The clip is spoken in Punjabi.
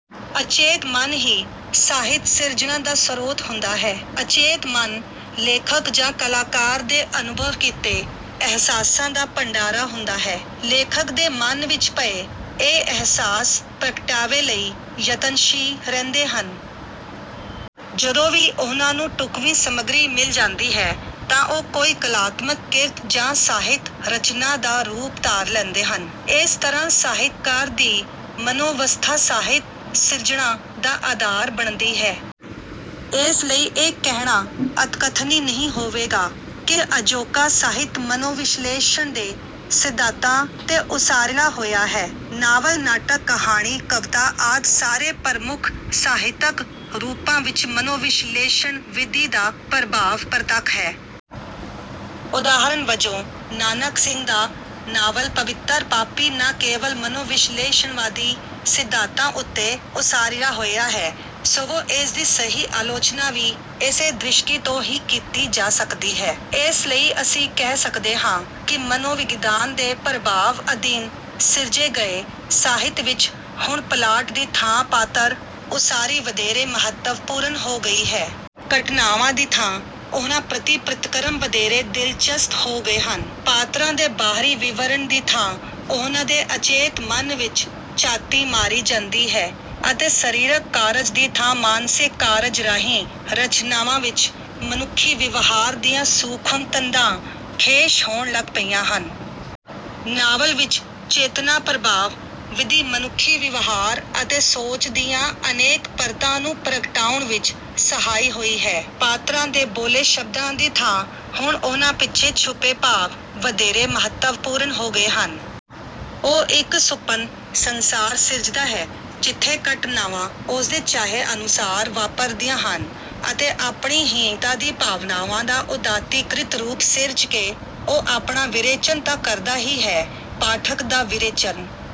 ਅਚੇਤ ਮਨ ਹੀ ਸਾਹਿਤ ਸਿਰਜਣਾ ਦਾ ਸਰੋਤ ਹੁੰਦਾ ਹੈ। ਅਚੇਤ ਮਨ ਲੇਖਕ ਜਾਂ ਕਲਾਕਾਰ ਦੇ ਅਨੁਭਵ ਕੀਤੇ ਅਹਿਸਾਸਾਂ ਦਾ ਭੰਡਾਰਾ ਹੁੰਦਾ ਹੈ। ਲੇਖਕ ਦੇ ਮਨ ਵਿੱਚ ਪਏ ਇਹ ਅਹਿਸਾਸ ਪ੍ਰਗਟਾਵੇ ਲਈ ਯਤਨਸ਼ੀਲ ਰਹਿੰਦੇ ਹਨ। ਜਦੋਂ ਵੀ ਉਹਨਾਂ ਨੂੰ ਢੁੱਕਵੀਂ ਸਮੱਗਰੀ ਮਿਲ ਜਾਂਦੀ ਹੈ ਤਾਂ ਉਹ ਕੋਈ ਕਲਾਤਮਿਕ ਕਿਰਤ ਜਾਂ ਸਾਹਿਤ ਰਚਨਾ ਦਾ ਰੂਪ ਧਾਰ ਲੈਂਦੇ ਹਨ। ਇਸ ਤਰ੍ਹਾਂ ਸਾਹਿਤਕਾਰ ਦੀ ਮਨੋਅਵਸਥਾ ਸਾਹਿਤ ਸਿਰਜਣਾ ਦਾ ਆਧਾਰ ਬਣਦੀ ਹੈ। ਇਸ ਲਈ ਇਹ ਕਹਿਣਾ ਅਤਿਕਥਨੀ ਨਹੀਂ ਹੋਵੇਗਾ ਕਿ ਅਜੋਕਾ ਸਾਹਿਤ ਮਨੋਵਿਸ਼ਲੇਸ਼ਣ ਦੇ ਸਿਧਾਤਾਂ ਤੇ ਉਸਾਰਿਆ ਹੋਇਆ ਹੈ। ਨਾਵਲ ਨਾਟਕ ਕਹਾਣੀ ਕਵਿਤਾ ਆਦਿ ਸਾਰੇ ਪ੍ਰਮੁੱਖ ਸਾਹਿਤਕ ਰੂਪਾਂ ਵਿੱਚ ਮਨੋਵਿਸ਼ਲੇਸ਼ਣ ਵਿਧੀ ਦਾ ਪ੍ਰਭਾਵ ਪ੍ਰਤੱਖ ਹੈ। ਉਦਾਹਰਨ ਵਜੋਂ ਨਾਨਕ ਸਿੰਘ ਦਾ ਨਾਵਲ ਪਵਿੱਤਰ ਪਾਪੀ ਨਾ ਕੇਵਲ ਮਨੋਵਿਸ਼ਲੇਸ਼ਣਵਾਦੀ ਸਿਧਾਤਾਂ ਉੱਤੇ ਉਸਾਰਿਆ ਹੋਇਆ ਹੈ ਸਗੋਂ ਇਸਦੀ ਸਹੀ ਆਲੋਚਨਾ ਵੀ ਇਸੇ ਦ੍ਰਿਸ਼ਟੀ ਤੋਂ ਹੀ ਕੀਤੀ ਜਾ ਸਕਦੀ ਹੈ। ਇਸ ਲਈ ਅਸੀ ਕਹਿ ਸਕਦੇ ਹਾਂ ਕਿ ਮਨੋਵਿਗਿਆਨ ਦੇ ਪ੍ਰਭਾਵ ਅਧੀਨ ਸਿਰਜੇ ਗਏ ਸਾਹਿਤ ਵਿੱਚ ਹੁਣ ਪਲਾਟ ਦੀ ਥਾਂ ਪਾਤਰ ਉਸਾਰੀ ਵਧੇਰੇ ਮਹੱਤਵਪੂਰਨ ਹੋ ਗਈ ਹੈ। ਘਟਨਾਵਾਂ ਦੀ ਥਾਂ ਉਹਨਾਂ ਪ੍ਰਤਿ ਪ੍ਰਤਿਕਰਮ ਵਧੇਰੇ ਦਿਲਚਸਪ ਹੋ ਗਏ ਹਨ। ਪਾਤਰਾਂ ਦੇ ਬਾਹਰੀ ਵਿਵਰਣ ਦੀ ਥਾਂ ਉਹਨਾਂ ਦੇ ਅਚੇਤ ਮਨ ਵਿੱਚ ਝਾਤੀ ਮਾਰੀ ਜਾਂਦੀ ਹੈ ਅਤੇ ਸਰੀਰਕ ਕਾਰਜ ਦੀ ਥਾਂ ਮਾਨਸਿਕ ਕਾਰਜ ਰਾਹੀਂ ਰਚਨਾਵਾਂ ਵਿੱਚ ਮਨੁੱਖੀ ਵਿਵਹਾਰ ਦੀਆਂ ਸੂਖਮ ਤੰਦਾਂ ਖੇਸ਼ ਹੋਣ ਲੱਗ ਪਈਆਂ ਹਨ। ਨਾਵਲ ਵਿੱਚ ਚੇਤਨਾ ਪ੍ਰਭਾਵ ਵਿਧੀ ਮਨੁੱਖੀ ਵਿਵਹਾਰ ਅਤੇ ਸੋਚ ਦੀਆਂ ਅਨੇਕ ਪਰਤਾਂ ਨੂੰ ਪ੍ਰਗਟਾਉਣ ਵਿੱਚ ਸਹਾਈ ਹੋਈ ਹੈ। ਪਾਤਰਾਂ ਦੇ ਬੋਲੇ ਸ਼ਬਦਾਂ ਦੀ ਥਾਂ ਹੁਣ ਉਹਨਾਂ ਪਿੱਛੇ ਛੁਪੇ ਭਾਵ ਵਧੇਰੇ ਮਹੱਤਵਪੂਰਨ ਹੋ ਗਏ ਹਨ। ਉਹ ਇੱਕ ਸੁਪਨ ਸੰਸਾਰ ਸਿਰਜਦਾ ਹੈ ਜਿੱਥੇ ਘਟਨਾਵਾਂ ਉਸਦੇ ਚਾਹੇ ਅਨੁਸਾਰ ਵਾਪਰਦੀਆਂ ਹਨ ਅਤੇ ਆਪਣੀ ਹੀਣਤਾ ਦੀ ਭਾਵਨਾਵਾਂ ਦਾ ਉੱਦਾਤੀਕ੍ਰਿਤ ਰੂਪ ਸਿਰਜ ਕੇ ਉਹ ਆਪਣਾ ਵਿਰੇਚਨ ਤਾਂ ਕਰਦਾ ਹੀ ਹੈ ਪਾਠਕ ਦਾ ਵਿਰੇਚਨ